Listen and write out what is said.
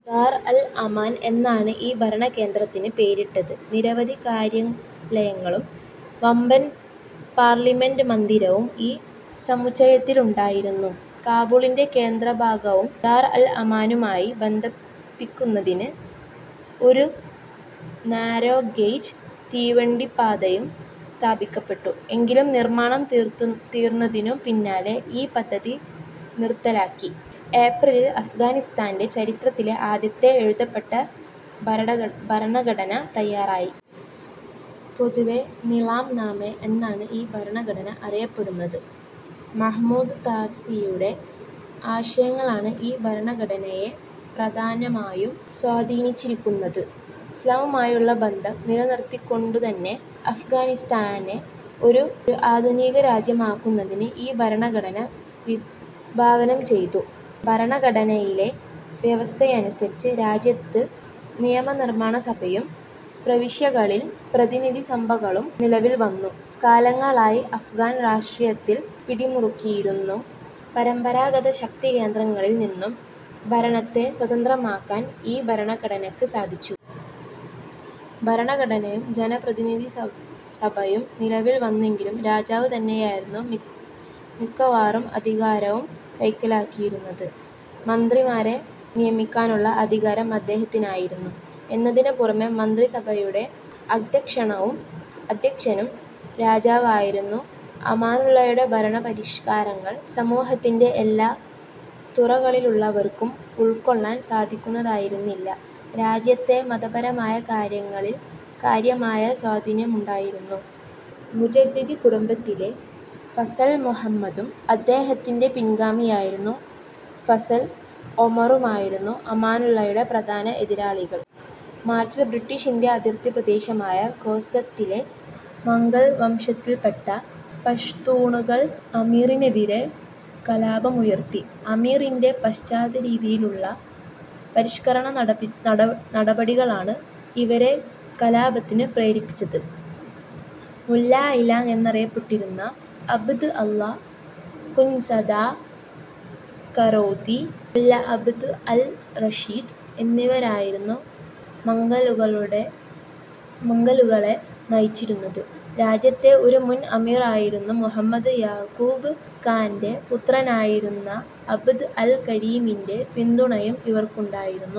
ദാർ അൽ-അമാൻ എന്നാണ് ഈ ഭരണകേന്ദ്രത്തിന് പേരിട്ടത്. നിരവധി കര്യാലയങ്ങളും വമ്പൻ പാർലമെന്റ് മന്ദിരവും ഈ സമുച്ചയത്തിലുണ്ടായിരുന്നു. കാബൂളിന്റെ കേന്ദ്രഭാഗവും ദാർ അൽ അമാനുമായി ബന്ധിപ്പിക്കുന്നതിന് ഒരു നാരോ ഗേജ് തീവണ്ടിപ്പാതയും സ്ഥാപിക്കപ്പെട്ടു. എങ്കിലും നിർമ്മാണം തീർന്നതിനു പിന്നാലെ ഈ പദ്ധതി നിർത്തലാക്കി. ഏപ്രിലിൽ അഫ്ഗാനിസ്താന്റെ ചരിത്രത്തിലെ ആദ്യത്തെ എഴുതപ്പെട്ട ഭരണഘടന തയ്യാറായി. പൊതുവേ നിളാം നാമെ എന്നാണ് ഈ ഭരണഘടന അറിയപ്പെടുന്നത്. മഹ്മൂദ് താർസിയുടെ ആശയങ്ങളാണ് ഈ ഭരണഘടനയെ പ്രധാനമായും സ്വാധീനിച്ചിരിക്കുനന്ത്. ഇസ്ലാമുമായുള്ള ബന്ധം നിലനിർത്തിക്കൊണ്ടുതന്നെ അഫ്ഗാനിസ്താനെ ഒരു ആധുനികരാജ്യമാക്കുന്നതിന് ഈ ഭരണഘടന വിഭാവനം ചെയ്തു. ഭരണഘടനയിലെ വ്യവസ്ഥയനുസരിച്ച് രാജ്യത്ത് നിയമനിർമ്മാണസഭയും, പ്രവിശ്യകളിൽ പ്രതിനിധിസഭകളും നിലവിൽ വന്നു. കാലങ്ങളായി അഫ്ഗാൻ രാഷ്ട്രീയത്തിൽ പിടിമുറുക്കിയിരുന്ന പരമ്പരാഗതശക്തികേന്ദ്രങ്ങളിൽ നിന്നും ഭരണത്തെ സ്വതന്ത്രമാക്കാൻ ഈ ഭരണഘടനക്ക് സാധിച്ചു. ഭരണഘടനയും ജനപ്രതിനിധിസഭയും നിലവിൽ വന്നെങ്കിലും രാജാവ് തന്നെയായിരുന്നു മിക്കവാറും അധികാരവും കൈക്കലാക്കിയിരുന്നത്. മന്ത്രിമാരെ നിയമിക്കാനുള്ള അധികാരം അദ്ദേഹത്തിനായിരുന്നു എന്നതിനു പുറമേ മന്ത്രിസഭയുടെ അദ്ധ്യക്ഷനും രാജാവായിരുന്നു. അമാനുള്ളായുടെ ഭരണപരിഷ്കാരങ്ങൾ സമൂഹത്തിന്റെ എല്ലാ തുറകളിലുള്ളവർക്കും ഉൾക്കൊള്ളാൻ സാധിക്കുന്നതായിരുന്നില്ല. രാജ്യത്തെ മതപരമായ കാര്യങ്ങളിൽ കാര്യമായ സ്വാധീനമുണ്ടായിരുന്ന് മുജദ്ദിദി കുടുംബത്തിലെ ഫസൽ മുഹമ്മദും അദ്ദേഹത്തിന്റെ പിൻഗാമിയായിരുന്ന ഫസൽ ഒമറുമായിരുന്നു അമാനുള്ളായുടെ പ്രധാന എതിരാളികൾ. മാർച്ചിൽ, ബ്രിട്ടീഷ്-ഇന്ത്യ അതിർത്തിപ്രദേശമായ ഖോസ്തിലെ, മംഗൽ വംശത്തിൽപ്പെട്ട പഷ്തൂണുകൾ അമീറിനെതിരെ കലാപമുയർത്തി. അമീറിന്റെ പാശ്ചാത്യരീതിയിലുള്ള പരിഷ്കരണനടപടികളാണ് ഇവരെ കലാപത്തിന് പ്രേരിപ്പിച്ചത്. മുല്ല ഇ ലാങ് എന്നറിയപ്പെട്ടിരുന്ന അബ്ദ് അള്ളാ അഖുന്ദ്സാദാ ഖരോതി, മുല്ല അബ്ദ് അൽ റഷീദ് എന്നിവരായിരുന്നു മംഗലുകളെ നയിച്ചിരുന്നത്. രാജ്യത്തെ ഒരു മുൻ അമീർ ആയിരുന്ന മുഹമ്മദ് യാക്കൂബ് ഖാന്റെ പുത്രനായിരുന്ന അബ്ദ് അൽ കരീമിന്റെ പിന്തുണയും ഇവർക്കുണ്ടായിരുന്നു.